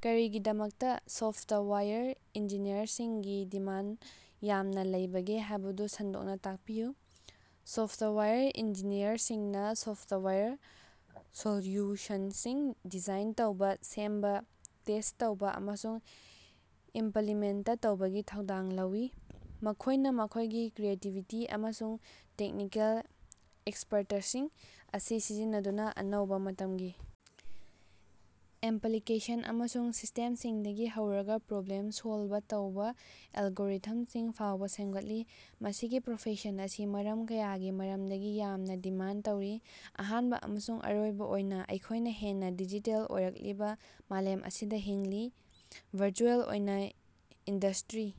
ꯀꯔꯤꯒꯤꯗꯃꯛꯇ software ꯏꯟꯖꯤꯅꯤꯌꯔꯁꯤꯡꯒꯤ demand ꯌꯥꯝꯅ ꯂꯩꯕꯒꯦ ꯍꯥꯏꯕꯗꯨ ꯁꯟꯗꯣꯛꯅ ꯇꯥꯛꯄꯤꯌꯨ꯫ ꯁꯣꯐꯇꯋꯥꯌꯔ ꯏꯟꯖꯤꯅꯤꯌꯔꯁꯤꯡꯅ ꯁꯣꯐꯇꯋꯥꯌꯔ ꯁꯣꯜꯌꯨꯁꯟꯁꯤꯡ ꯗꯤꯖꯥꯏꯟ ꯇꯧꯕ, ꯁꯦꯝꯕ, ꯇꯦꯁꯠ ꯇꯧꯕ ꯑꯃꯁꯨꯡ ꯏꯝꯄꯂꯤꯃꯦꯟꯇ ꯇꯧꯕꯒꯤ ꯊꯧꯗꯥꯡ ꯂꯧꯏ꯫ ꯃꯈꯣꯏꯅ ꯃꯈꯣꯏꯒꯤ ꯀ꯭ꯔꯤꯌꯦꯇꯤꯕꯤꯇꯤ ꯑꯃꯁꯨꯡ ꯇꯦꯛꯅꯤꯀꯦꯜ ꯑꯦꯛꯁꯄꯔꯇꯁꯤꯡ ꯑꯁꯤ ꯁꯤꯖꯤꯟꯅꯗꯨꯅ ꯑꯅꯧꯕꯥ ꯃꯇꯝꯒꯤ ꯑꯦꯄꯂꯤꯀꯦꯁꯟ ꯑꯃꯁꯨꯡ ꯁꯤꯁꯇꯦꯝꯁꯤꯡꯗꯒꯤ ꯍꯧꯔꯒ ꯄ꯭ꯔꯣꯕ꯭ꯂꯦꯝ ꯁꯣꯜꯕ ꯇꯧꯕ ꯑꯦꯜꯒꯣꯔꯤꯊꯝꯁꯤꯡ ꯐꯥꯎꯕ ꯁꯦꯝꯒꯠꯂꯤ꯫ ꯃꯁꯤꯒꯤ ꯄ꯭ꯔꯣꯐꯦꯁꯟ ꯑꯁꯤ ꯃꯔꯝ ꯀꯌꯥꯒꯤ ꯃꯔꯝꯗꯒꯤ ꯌꯥꯝꯅ ꯗꯤꯃꯥꯟꯗ ꯇꯧꯔꯤ꯫ ꯑꯍꯥꯟꯕ ꯑꯃꯁꯨꯡ ꯑꯔꯣꯏꯕ ꯑꯣꯏꯅ, ꯑꯩꯈꯣꯏꯅ ꯍꯦꯟꯅ ꯗꯤꯖꯤꯇꯦꯜ ꯑꯣꯏꯔꯛꯂꯤꯕ ꯃꯥꯂꯦꯝ ꯑꯁꯤꯗ ꯍꯤꯡꯂꯤ꯫ ꯚꯔꯆꯨꯑꯦꯜ ꯑꯣꯏꯅ ꯏꯟꯗꯁ꯭ꯇꯔꯤ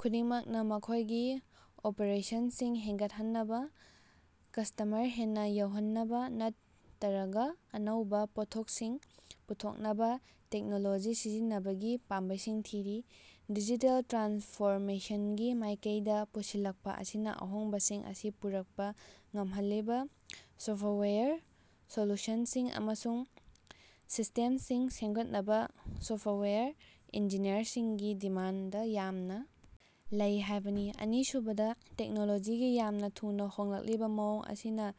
ꯈꯨꯗꯤꯡꯃꯛꯅ ꯃꯈꯣꯏꯒꯤ ꯑꯣꯄꯔꯦꯁꯟꯁꯤꯡ ꯍꯦꯟꯒꯠꯍꯟꯅꯕ, ꯀꯁ꯭ꯇꯃꯔ ꯍꯦꯟꯅ ꯌꯧꯍꯟꯅꯕ ꯅꯠꯇꯔꯒꯥ ꯑꯅꯧꯕꯥ ꯄꯣꯠꯊꯣꯛꯁꯤꯡ ꯄꯨꯊꯣꯛꯅꯕ ꯇꯦꯛꯅꯣꯂꯣꯖꯤ ꯁꯤꯖꯤꯟꯅꯕꯒꯤ ꯄꯥꯝꯕꯩꯁꯤꯡ ꯊꯤꯔꯤ꯫ ꯗꯤꯖꯤꯇꯦꯜ ꯇ꯭ꯔꯥꯟꯁꯐꯣꯔꯃꯦꯁꯟꯒꯤ ꯃꯥꯏꯀꯩꯗ ꯄꯨꯁꯤꯜꯂꯛꯄ ꯑꯁꯤꯅ ꯑꯍꯣꯡꯕꯁꯤꯡ ꯑꯁꯤ ꯄꯨꯔꯛꯄ ꯉꯝꯍꯜꯂꯤꯕ ꯁꯣꯐꯋꯦꯌꯔ ꯁꯣꯂꯨꯁꯟꯁꯤꯡ ꯑꯃꯁꯨꯡ ꯁꯤꯁ꯭ꯇꯦꯝꯁꯤꯡ ꯁꯦꯝꯒꯠꯅꯕ ꯁꯣꯐꯋꯦꯌꯔ ꯏꯟꯖꯤꯅꯤꯌꯔꯁꯤꯡꯒꯤ ꯗꯤꯃꯥꯟꯗ ꯌꯥꯝꯅ ꯂꯩ ꯍꯥꯏꯕꯅꯤ꯫ ꯑꯅꯤꯁꯨꯕꯗ, ꯇꯦꯛꯅꯣꯂꯣꯖꯤꯒꯤ ꯌꯥꯝꯅ ꯊꯨꯅ ꯍꯣꯡꯂꯛꯂꯤꯕ ꯃꯑꯣꯡ ꯑꯁꯤꯅ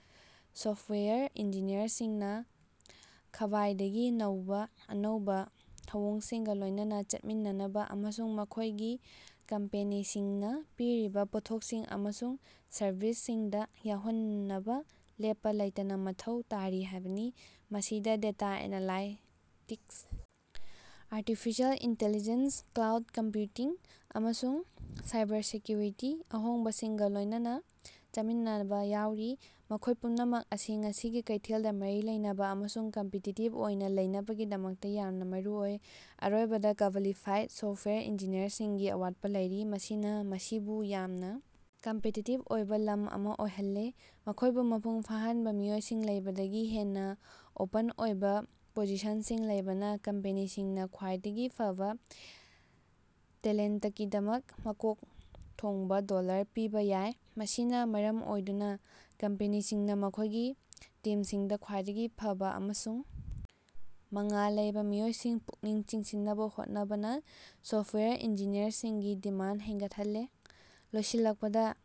ꯁꯣꯐꯋꯦꯌꯔ ꯏꯟꯖꯤꯅꯤꯌꯔꯁꯤꯡꯅ ꯈ꯭ꯕꯥꯏꯗꯒꯤ ꯅꯧꯕ ꯑꯅꯧꯕ ꯊꯧꯑꯣꯡꯁꯤꯡꯒ ꯂꯣꯏꯅꯅ ꯆꯠꯃꯤꯟꯅꯅꯕ ꯑꯃꯁꯨꯡ ꯃꯈꯣꯏꯒꯤ ꯀꯝꯄꯦꯅꯤꯁꯤꯡꯅ ꯄꯤꯔꯤꯕ ꯄꯣꯠꯊꯣꯛꯁꯤꯡ ꯑꯃꯁꯨꯡ ꯁꯔꯕꯤꯁꯁꯤꯡꯗ ꯌꯥꯎꯍꯟꯅꯕ ꯂꯦꯞꯄ ꯂꯩꯇꯅ ꯃꯊꯧ ꯇꯥꯔꯤ ꯍꯥꯏꯕꯅꯤ꯫ ꯃꯁꯤꯗ data analytics, artificial intelligence, cloud computing, ꯑꯃꯁꯨꯡ ꯁꯥꯏꯕꯔꯁꯦꯀ꯭ꯌꯨꯔꯤꯇꯤꯒꯤ ꯑꯍꯣꯡꯕꯁꯤꯡꯒ ꯂꯣꯏꯅꯅ ꯆꯠꯃꯤꯟꯅꯕ ꯌꯥꯎꯔꯤ, ꯃꯈꯣꯏ ꯄꯨꯝꯅꯃꯛ ꯑꯁꯤ ꯉꯁꯤꯒꯤ ꯀꯩꯊꯦꯜꯗ ꯃꯔꯤ ꯂꯩꯅꯕ ꯑꯃꯁꯨꯡ ꯀꯝꯄꯤꯇꯤꯇꯤꯕ ꯑꯣꯏꯅ ꯂꯩꯅꯕꯒꯤꯗꯃꯛꯇ ꯌꯥꯝꯅ ꯃꯔꯨ ꯑꯣꯏ꯫ ꯑꯔꯣꯏꯕꯗ, ꯀ꯭ꯕꯥꯂꯤꯐꯥꯏꯗ ꯁꯣꯐꯋꯦꯌꯔ ꯏꯟꯖꯤꯅꯤꯌꯔꯁꯤꯡꯒꯤ ꯑꯋꯥꯠꯄꯥ ꯂꯩꯔꯤ, ꯃꯁꯤꯅ ꯃꯁꯤꯕꯨ ꯌꯥꯝꯅ ꯀꯝꯄꯤꯇꯤꯇꯤꯕ ꯑꯣꯏꯕ ꯂꯝ ꯑꯃ ꯑꯣꯏꯍꯜꯂꯦ꯫ ꯃꯈꯣꯏꯕꯨ ꯃꯄꯨꯡ ꯐꯥꯍꯟꯅꯕ ꯃꯤꯑꯣꯏꯁꯤꯡ ꯂꯩꯕꯗꯒꯤ ꯍꯦꯟꯅ ꯑꯣꯄꯟ ꯑꯣꯏꯕ ꯄꯣꯖꯤꯁꯟꯁꯤꯡ ꯂꯩꯕꯅ ꯀꯝꯄꯦꯅꯤꯁꯤꯡꯅ ꯈ꯭ꯋꯥꯏꯗꯒꯤ ꯐꯕ ꯇꯦꯂꯦꯟꯇꯀꯤꯗꯃꯛ ꯃꯀꯣꯛ ꯊꯣꯡꯕ ꯗꯣꯜꯂꯔ ꯄꯤꯕꯥ ꯌꯥꯏ꯫ ꯃꯁꯤꯅ ꯃꯔꯝ ꯑꯣꯏꯗꯨꯅ ꯀꯝꯄꯦꯅꯤꯁꯤꯡꯅ ꯃꯈꯣꯏꯒꯤ ꯇꯤꯝꯁꯤꯡꯗ ꯈ꯭ꯋꯥꯏꯗꯒꯤ ꯐꯕ ꯑꯃꯁꯨꯡ ꯃꯉꯥꯜ ꯂꯩꯕ ꯃꯤꯑꯣꯏꯁꯤꯡ ꯄꯨꯛꯅꯤꯡ ꯆꯤꯡꯁꯤꯟꯅꯕ ꯍꯣꯠꯅꯕꯅ ꯁꯣꯐꯋꯦꯌꯔ ꯏꯟꯖꯤꯅꯤꯌꯔꯁꯤꯡꯒꯤ ꯗꯤꯃꯥꯟꯗ ꯍꯦꯟꯒꯠꯂꯦ꯫ ꯂꯣꯏꯁꯤꯜꯂꯛꯄꯗ,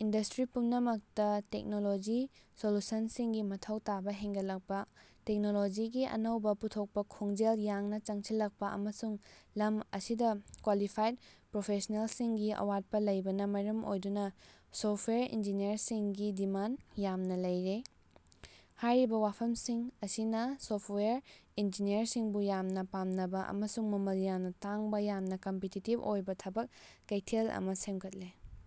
ꯏꯟꯗꯁ꯭ꯇꯔꯤ ꯄꯨꯝꯅꯃꯛꯇ ꯇꯦꯛꯅꯣꯂꯣꯖꯤ ꯁꯣꯂꯨꯁꯟꯁꯤꯡꯒꯤ ꯃꯊꯧ ꯇꯥꯕ ꯍꯦꯟꯒꯠꯂꯛꯄ, ꯇꯦꯛꯅꯣꯂꯣꯖꯤꯒꯤ ꯑꯅꯧꯕꯥ ꯄꯨꯊꯣꯛꯄꯒꯤ ꯈꯣꯡꯖꯦꯜ ꯌꯥꯡꯅ ꯆꯪꯁꯤꯜꯂꯛꯄ, ꯑꯃꯁꯨꯡ ꯂꯝ ꯑꯁꯤꯗ ꯀ꯭ꯋꯥꯂꯤꯐꯥꯏꯗ ꯄ꯭ꯔꯣꯐꯦꯁ꯭ꯅꯦꯜꯁꯤꯡꯒꯤ ꯑꯋꯥꯠꯄ ꯂꯩꯕꯅ ꯃꯔꯝ ꯑꯣꯏꯗꯨꯅ ꯁꯣꯐꯋꯦꯌꯔ ꯏꯟꯖꯤꯅꯤꯌꯔꯁꯤꯡꯒꯤ ꯗꯤꯃꯥꯟꯗ ꯌꯥꯝꯅ ꯂꯩꯔꯤ꯫ ꯍꯥꯏꯔꯤꯕ ꯋꯥꯐꯝꯁꯤꯡ ꯑꯁꯤꯅ ꯁꯣꯐꯋꯦꯌꯔ ꯏꯟꯖꯤꯅꯤꯌꯔꯁꯤꯡꯕꯨ ꯌꯥꯝꯅ ꯄꯥꯝꯅꯕ ꯑꯃꯁꯨꯡ ꯃꯃꯜ ꯌꯥꯝꯅ ꯇꯥꯡꯕ ꯌꯥꯝꯅ ꯀꯝꯄꯤꯇꯤꯇꯤꯕ ꯑꯣꯏꯕ ꯊꯕꯛ ꯀꯩꯊꯦꯜ ꯑꯃ ꯁꯦꯝꯒꯠꯂꯦ꯫।